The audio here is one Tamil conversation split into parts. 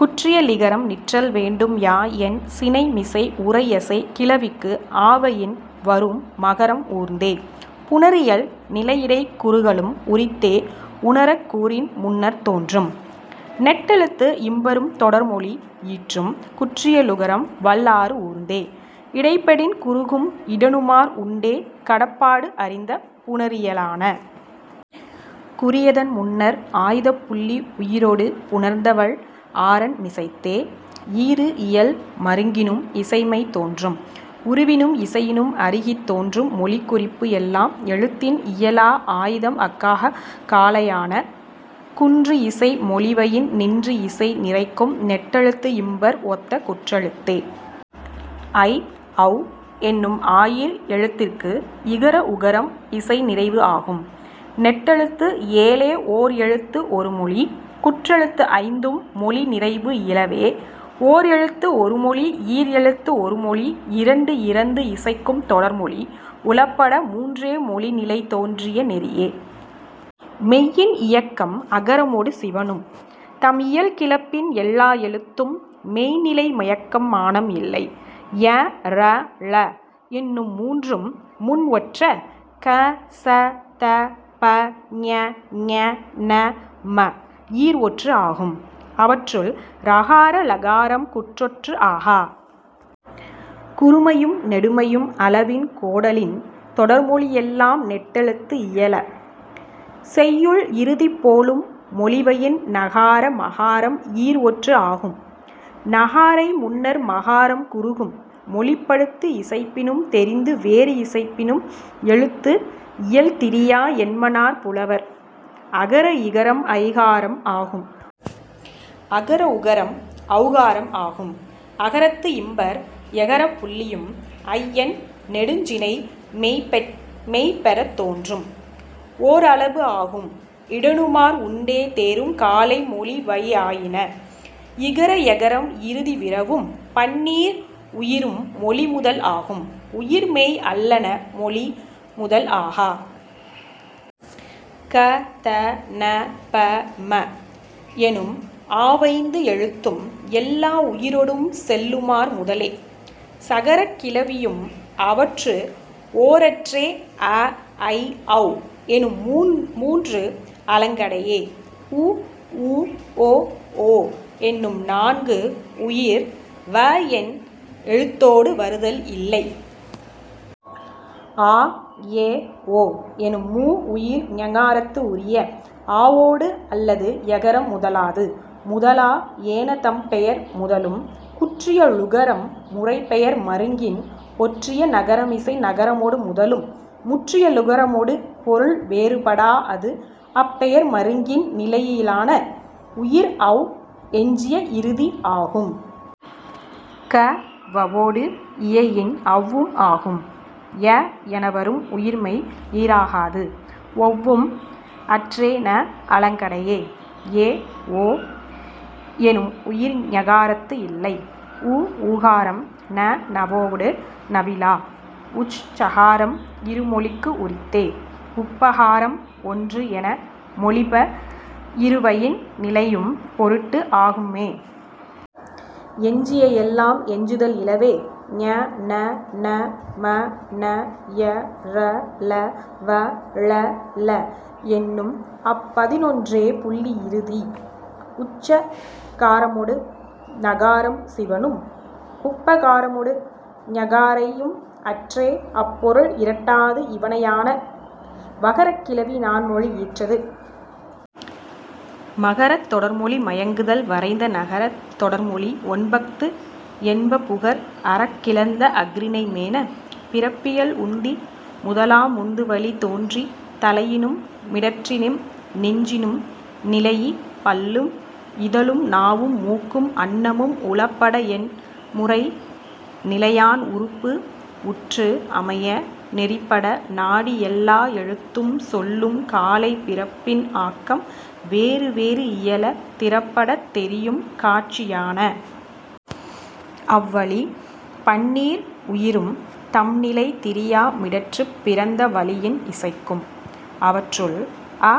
குற்றியலிகரம் நிற்றல் வேண்டும் யா என் சினைமிசை உரையசைக் கிளவிக்கு ஆவயின் வரூஉம் மகரம் ஊர்ந்தே. புணரியல் நிலையிடைக் குறுகலும் உரித்தே உணரக் கூறின் முன்னர்த் தோன்றும். நெட்டெழுத்து இம்பரும் தொடர்மொழி ஈற்றும் குற்றியலுகரம் வல் ஆறு ஊர்ந்தே. இடைப்படின் குறுகும் இடனுமார் உண்டே கடப்பாடு அறிந்த புணரியலான. குறியதன் முன்னர் ஆய்தப் புள்ளி உயிரொடு புணர்ந்த வல் ஆறன் மிசைத்தே. ஈறு இயல் மருங்கினும் இசைமை தோன்றும். உருவினும் இசையினும் அருகித் தோன்றும் மொழிக் குறிப்பு எல்லாம் எழுத்தின் இயலா ஆய்தம் அஃகாக் காலையான. குன்று இசை மொழிவயின் நின்று இசை நிறைக்கும் நெட்டெழுத்து இம்பர் ஒத்த குற்றெழுத்தே. ஐ ஔ என்னும் ஆயீர் எழுத்திற்கு இகர உகரம் இசை நிறைவு ஆகும். நெட்டெழுத்து ஏழே ஓர் எழுத்து ஒருமொழி. குற்றெழுத்து ஐந்தும் மொழி நிறைபு இலவே. ஓர் எழுத்து ஒருமொழி ஈர் எழுத்து ஒருமொழி இரண்டு இறந்து இசைக்கும் தொடர்மொழி உளப்பட மூன்றே மொழி நிலை தோன்றிய நெறியே. மெய்யின் இயக்கம் அகரமொடு சிவணும். தம் இயல் கிளப்பின் எல்லா எழுத்தும் மெய்ந் நிலை மயக்கம் மானம் இல்லை. ய ர ழ என்னும் மூன்றும் முன் ஒற்ற க ச த ப ங ஞ ந ம ஈர் ஒற்று ஆகும். அவற்றுள், ரகார ழகாரம் குற்றொற்று ஆகா. குறுமையும் நெடுமையும் அளவின் கோடலின் தொடர்மொழி எல்லாம் நெட்டெழுத்து இயல. செய்யுள் இறுதிப் போலும் மொழிவயின் னகார மகாரம் ஈர் ஒற்று ஆகும். னகாரை முன்னர் மகாரம் குறுகும். மொழிப்படுத்து இசைப்பினும் தெரிந்து வேறு இசைப்பினும் எழுத்து இயல் திரியா என்மனார் புலவர். அகர இகரம் ஐகாரம் ஆகும். அகர உகரம் ஔகாரம் ஆகும். அகரத்து இம்பர் யகரப் புள்ளியும் ஐ என் நெடுஞ் சினை மெய் பெறத் தோன்றும். ஓர் அளபு ஆகும் இடனுமார் உண்டே தேரும் காலை மொழிவயினான. இகர யகரம் இறுதி விரவும். பன்னீர் உயிரும் மொழி முதல் ஆகும். உயிர் மெய் அல்லன மொழி முதல் ஆகா. க த ந ப ம எனும் ஆவைந்து எழுத்தும் எல்லா உயிரொடும் செல்லுமார் முதலே. சகரக் கிளவியும் அவற்று ஓரற்றே அ ஐ ஔ எனும் மூன்று அலங்கடையே. உ ஊ ஒ ஓ என்னும் நான்கு உயிர் வ என் எழுத்தொடு வருதல் இல்லை. ஆ எ ஒ எனும் மூ உயிர் ஞகாரத்து உரிய. ஆவொடு அல்லது யகரம் முதலாது. முதலா ஏன தம் பெயர் முதலும். குற்றியலுகரம் முறைப்பெயர் மருங்கின் ஒற்றிய நகரமிசை நகரமொடு முதலும். முற்றியலுகரமொடு பொருள் வேறுபடாஅது அப் பெயர் மருங்கின் நிலையியலான. உயிர் ஔ எஞ்சிய இறுதி ஆகும். க வவொடு இயையின் ஔவும் ஆகும். எ என வரும் உயிர் மெய் ஈறாகாது. ஒவ்வும் அற்றே ந அலங்கடையே. ஏ ஒ எனும் உயிர் ஞகாரத்து இல்லை. உ ஊகாரம் ந வவொடு நவிலா. உச் சகாரம் இரு மொழிக்கு உரித்தே. உப் பகாரம் ஒன்று என மொழிப இரு வயின் நிலையும் பொருட்டு ஆகும்மே. எஞ்சிய எல்லாம் எஞ்சுதல் இலவே. ஞ ண ந ம ன ய ர ல வ ழ ள என்னும் அப் பதினொன்றே புள்ளி இறுதி. உச் சகாரமொடு நகாரம் சிவணும். உப் பகாரமொடு ஞகாரையும் அற்றே அப் பொருள் இரட்டாது இவணையான. வகரக் கிளவி நான் மொழி ஈற்றது. மகரத் தொடர்மொழி மயங்குதல் வரைந்த னகரத் தொடர்மொழி ஒன்பஃது என்ப புகர் அறக் கிளந்த அஃறிணை மேன.. பிறப்பியல் உந்தி முதலா முந்து வளி தோன்றி தலையினும் மிடற்றினும் நெஞ்சினும் நிலைஇ பல்லும் இதழும் நாவும் மூக்கும் அண்ணமும் உளப்பட எண் முறை நிலையான் உறுப்பு உற்று அமைய நெறிப்பட நாடி எல்லா எழுத்தும் சொல்லும் காலை பிறப்பின் ஆக்கம் வேறு வேறு இயல திறப்படத் தெரியும் காட்சியான. அவ் வழி, பன்னீர் உயிரும் தம் நிலை திரியா மிடற்றுப் பிறந்த வளியின் இசைக்கும். அவற்றுள், அ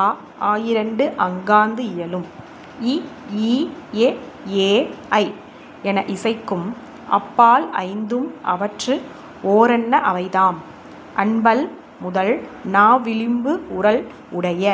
ஆ ஆயிரண்டு அங்காந்து இயலும். இ ஈ எ ஏ ஐ என இசைக்கும் அப் பால் ஐந்தும் அவற்று ஓரன்ன அவைதாம், அண்பல் முதல் நா விளிம்பு உறல் உடைய.